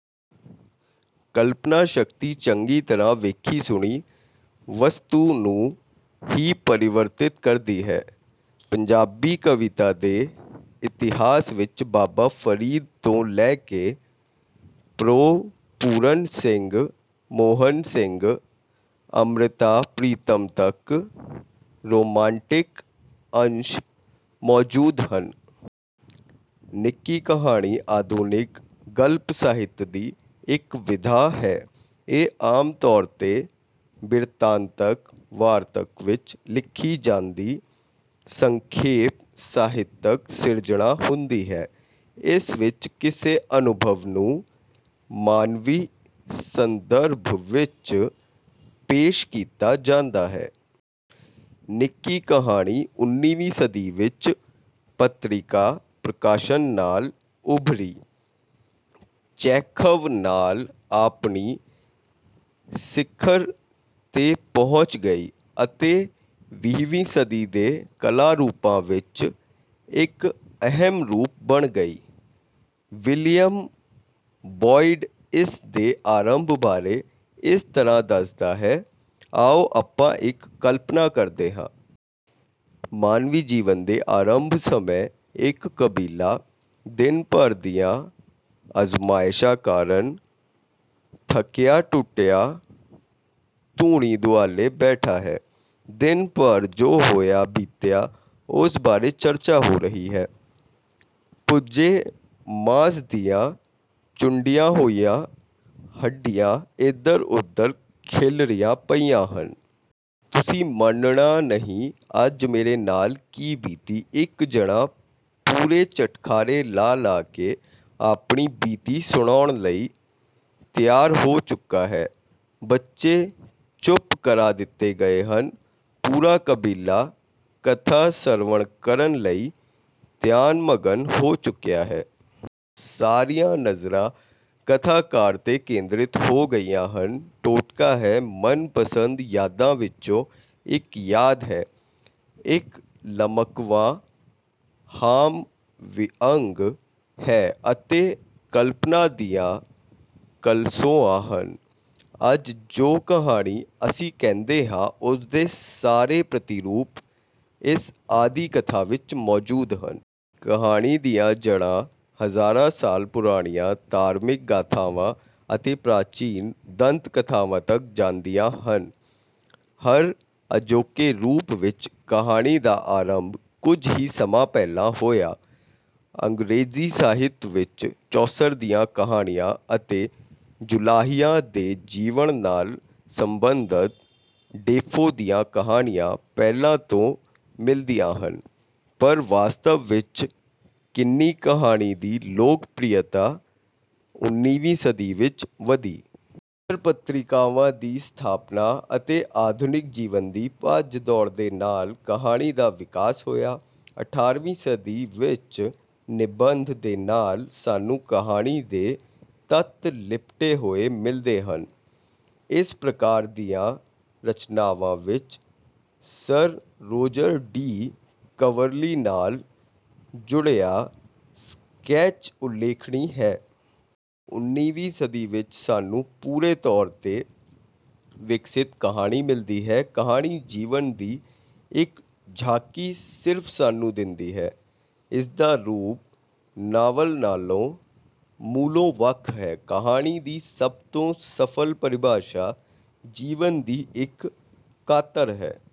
ਕਲਪਨਾ ਸ਼ਕਤੀ ਚੰਗੀ ਤਰ੍ਹਾਂ ਵੇਖੀ-ਸੁਣੀ ਵਸਤੂ ਨੂੰ ਹੀ ਪਰਿਵਰਤਿਤ ਕਰਦੀ ਹੈ। ਪੰਜਾਬੀ ਕਵਿਤਾ ਦੇ ਇਤਿਹਾਸ ਵਿੱਚ ਬਾਬਾ ਫਰੀਦ ਤੋਂ ਲੈ ਕੇ ਪ੍ਰੋ. ਪੂਰਨ ਸਿੰਘ, ਮੋਹਨ ਸਿੰਘ, ਅੰਮ੍ਰਿਤਾ ਪ੍ਰੀਤਮ ਤੱਕ ਰੋਮਾਂਟਿਕ ਅੰਸ਼ ਮੌਜੂਦ ਹਨ। ਨਿੱਕੀ ਕਹਾਣੀ ਆਧੁਨਿਕ ਗਲਪ ਸਾਹਿਤ ਦੀ ਇੱਕ ਵਿਧਾ ਹੈ। ਇਹ ਆਮ ਤੌਰ 'ਤੇ ਬਿਰਤਾਂਤਕ ਵਾਰਤਕ ਵਿੱਚ ਲਿਖੀ ਜਾਂਦੀ ਸੰਖੇਪ ਸਾਹਿਤਕ ਸਿਰਜਣਾ ਹੁੰਦੀ ਹੈ। ਇਸ ਵਿੱਚ ਕਿਸੇ ਅਨੁਭਵ ਨੂੰ ਮਾਨਵੀ ਸੰਦਰਭ ਵਿੱਚ ਪੇਸ਼ ਕੀਤਾ ਜਾਂਦਾ ਹੈ। ਨਿੱਕੀ ਕਹਾਣੀ ਉਨੀਵੀਂ ਸਦੀ ਵਿੱਚ ਪੱਤਰਿਕਾ ਪ੍ਰਕਾਸ਼ਨ ਨਾਲ ਉਭਰੀ, ਚੈਖਵ ਨਾਲ ਆਪਣੀ ਸਿਖਰ 'ਤੇ ਪਹੁੰਚ ਗਈ ਅਤੇ ਵੀਹਵੀਂ ਸਦੀ ਦੇ ਕਲਾ ਰੂਪਾਂ ਵਿੱਚ ਇੱਕ ਅਹਿਮ ਰੂਪ ਬਣ ਗਈ। ਵਿਲੀਅਮ ਬੋਇਡ ਇਸ ਦੇ ਆਰੰਭ ਬਾਰੇ ਇਸ ਤਰ੍ਹਾਂ ਦੱਸਦਾ ਹੈ: ਆਓ ਆਪਾਂ ਇੱਕ ਕਲਪਨਾ ਕਰਦੇ ਹਾਂ। ਮਾਨਵੀ ਜੀਵਨ ਦੇ ਆਰੰਭ ਸਮੇਂ ਇੱਕ ਕਬੀਲਾ ਦਿਨ ਭਰ ਦੀਆਂ ਅਜ਼ਮਾਇਸ਼ਾਂ ਕਾਰਨ ਥੱਕਿਆ-ਟੁੱਟਿਆ ਧੂਣੀ ਦੁਆਲੇ ਬੈਠਾ ਹੈ। ਦਿਨ ਭਰ ਜੋ ਹੋਇਆ-ਬੀਤਿਆ ਉਸ ਬਾਰੇ ਚਰਚਾ ਹੋ ਰਹੀ ਹੈ। ਭੁੱਜੇ ਮਾਸ ਦੀਆਂ ਚੂੰਡੀਆਂ ਹੋਈਆਂ ਹੱਡੀਆਂ ਇਧਰ-ਉਧਰ ਖਿੱਲਰੀਆਂ ਪਈਆਂ ਹਨ। ਤੁਸੀਂ ਮੰਨਣਾ ਨਹੀਂ ਅੱਜ ਮੇਰੇ ਨਾਲ ਕੀ ਬੀਤੀ ਇੱਕ ਜਣਾ ਪੂਰੇ ਚਟਖਾਰੇ ਲਾ-ਲਾ ਕੇ ਆਪਣੀ ਬੀਤੀ ਸੁਣਾਉਣ ਲਈ ਤਿਆਰ ਹੋ ਚੁੱਕਾ ਹੈ। ਬੱਚੇ ਚੁੱਪ ਕਰਾ ਦਿੱਤੇ ਗਏ ਹਨ। ਪੂਰਾ ਕਬੀਲਾ ਕਥਾ ਸਰਵਣ ਕਰਨ ਲਈ ਧਿਆਨ-ਮਗਨ ਹੋ ਚੁੱਕਿਆ ਹੈ। ਸਾਰੀਆਂ ਨਜ਼ਰਾਂ ਕਥਾਕਾਰ 'ਤੇ ਕੇਂਦ੍ਰਿਤ ਹੋ ਗਈਆਂ ਹਨ। ਟੋਟਕਾ ਹੈ, ਮਨਪਸੰਦ ਯਾਦਾਂ ਵਿੱਚੋਂ ਇੱਕ ਯਾਦ ਹੈ, ਇੱਕ ਲਮਕਵਾਂ ਹਾਸ-ਵਿਅੰਗ ਹੈ ਅਤੇ ਕਲਪਨਾ ਦੀਆਂ ਕਨਸੋਆਂ ਹਨ। ਅੱਜ ਜੋ ਕਹਾਣੀ ਅਸੀਂ ਕਹਿੰਦੇ ਹਾਂ ਉਸ ਦੇ ਸਾਰੇ ਪ੍ਰਤਿਰੂਪ ਇਸ ਆਦਿ ਕਥਾ ਵਿੱਚ ਮੌਜੂਦ ਸਨ। ਕਹਾਣੀ ਦੀਆਂ ਜੜ੍ਹਾਂ ਹਜ਼ਾਰਾਂ ਸਾਲ ਪੁਰਾਣੀਆਂ ਧਾਰਮਿਕ ਗਾਥਾਵਾਂ ਅਤੇ ਪ੍ਰਾਚੀਨ ਦੰਤ-ਕਥਾਵਾਂ ਤੱਕ ਜਾਂਦੀਆਂ ਹਨ, ਪਰ ਅਜੋਕੇ ਰੂਪ ਵਿੱਚ ਕਹਾਣੀ ਦਾ ਆਰੰਭ ਕੁਝ ਹੀ ਸਮਾਂ ਪਹਿਲਾਂ ਹੋਇਆ। ਅੰਗਰੇਜ਼ੀ ਸਾਹਿਤ ਵਿੱਚ ਚੌਸਰ ਦੀਆਂ ਕਹਾਣੀਆਂ ਅਤੇ ਜੁਲਾਹਿਆਂ ਦੇ ਜੀਵਨ ਨਾਲ ਸਬੰਧਤ ਡੇਫੋ ਦੀਆਂ ਕਹਾਣੀਆਂ ਪਹਿਲਾਂ ਤੋਂ ਮਿਲਦੀਆਂ ਹਨ, ਪਰ ਵਾਸਤਵ ਵਿੱਚ ਨਿੱਕੀ ਕਹਾਣੀ ਦੀ ਲੋਕਪ੍ਰਿਅਤਾ ਉਨੀਵੀਂ ਸਦੀ ਵਿੱਚ ਵਧੀ। ਪੱਤਰ-ਪੱਤ੍ਰਿਕਾਵਾਂ ਦੀ ਸਥਾਪਨਾ ਅਤੇ ਆਧੁਨਿਕ ਜੀਵਨ ਦੀ ਭੱਜ-ਦੌੜ ਦੇ ਨਾਲ ਕਹਾਣੀ ਦਾ ਵਿਕਾਸ ਹੋਇਆ। ਅਠਾਰ੍ਹਵੀਂ ਸਦੀ ਵਿੱਚ ਨਿਬੰਧ ਦੇ ਨਾਲ ਸਾਨੂੰ ਕਹਾਣੀ ਦੇ ਤੱਤ ਲਿਪਟੇ ਹੋਏ ਮਿਲਦੇ ਹਨ। ਇਸ ਪ੍ਰਕਾਰ ਦੀਆਂ ਰਚਨਾਵਾਂ ਵਿੱਚ ਸਰ ਰੋਜਰ ਡੀ ਕਵਰਲੀ ਨਾਲ ਜੁੜਿਆ ਸਕੈਚ ਉਲੇਖਣੀ ਹੈ। ਉਨੀਵੀਂ ਸਦੀ ਵਿੱਚ ਸਾਨੂੰ ਪੂਰੇ ਤੌਰ 'ਤੇ ਵਿਕਸਿਤ ਕਹਾਣੀ ਮਿਲਦੀ ਹੈ। ਕਹਾਣੀ ਜੀਵਨ ਦੀ ਇੱਕ ਝਾਕੀ ਸਿਰਫ ਸਾਨੂੰ ਦਿੰਦੀ ਹੈ। ਇਸਦਾ ਰੂਪ ਨਾਵਲ ਨਾਲੋਂ ਮੂਲੋਂ ਵੱਖ ਹੈ। ਕਹਾਣੀ ਦੀ ਸਭ ਤੋਂ ਸਫਲ ਪਰਿਭਾਸ਼ਾ ਜੀਵਨ ਦੀ ਇੱਕ ਕਾਤਰ ਹੈ।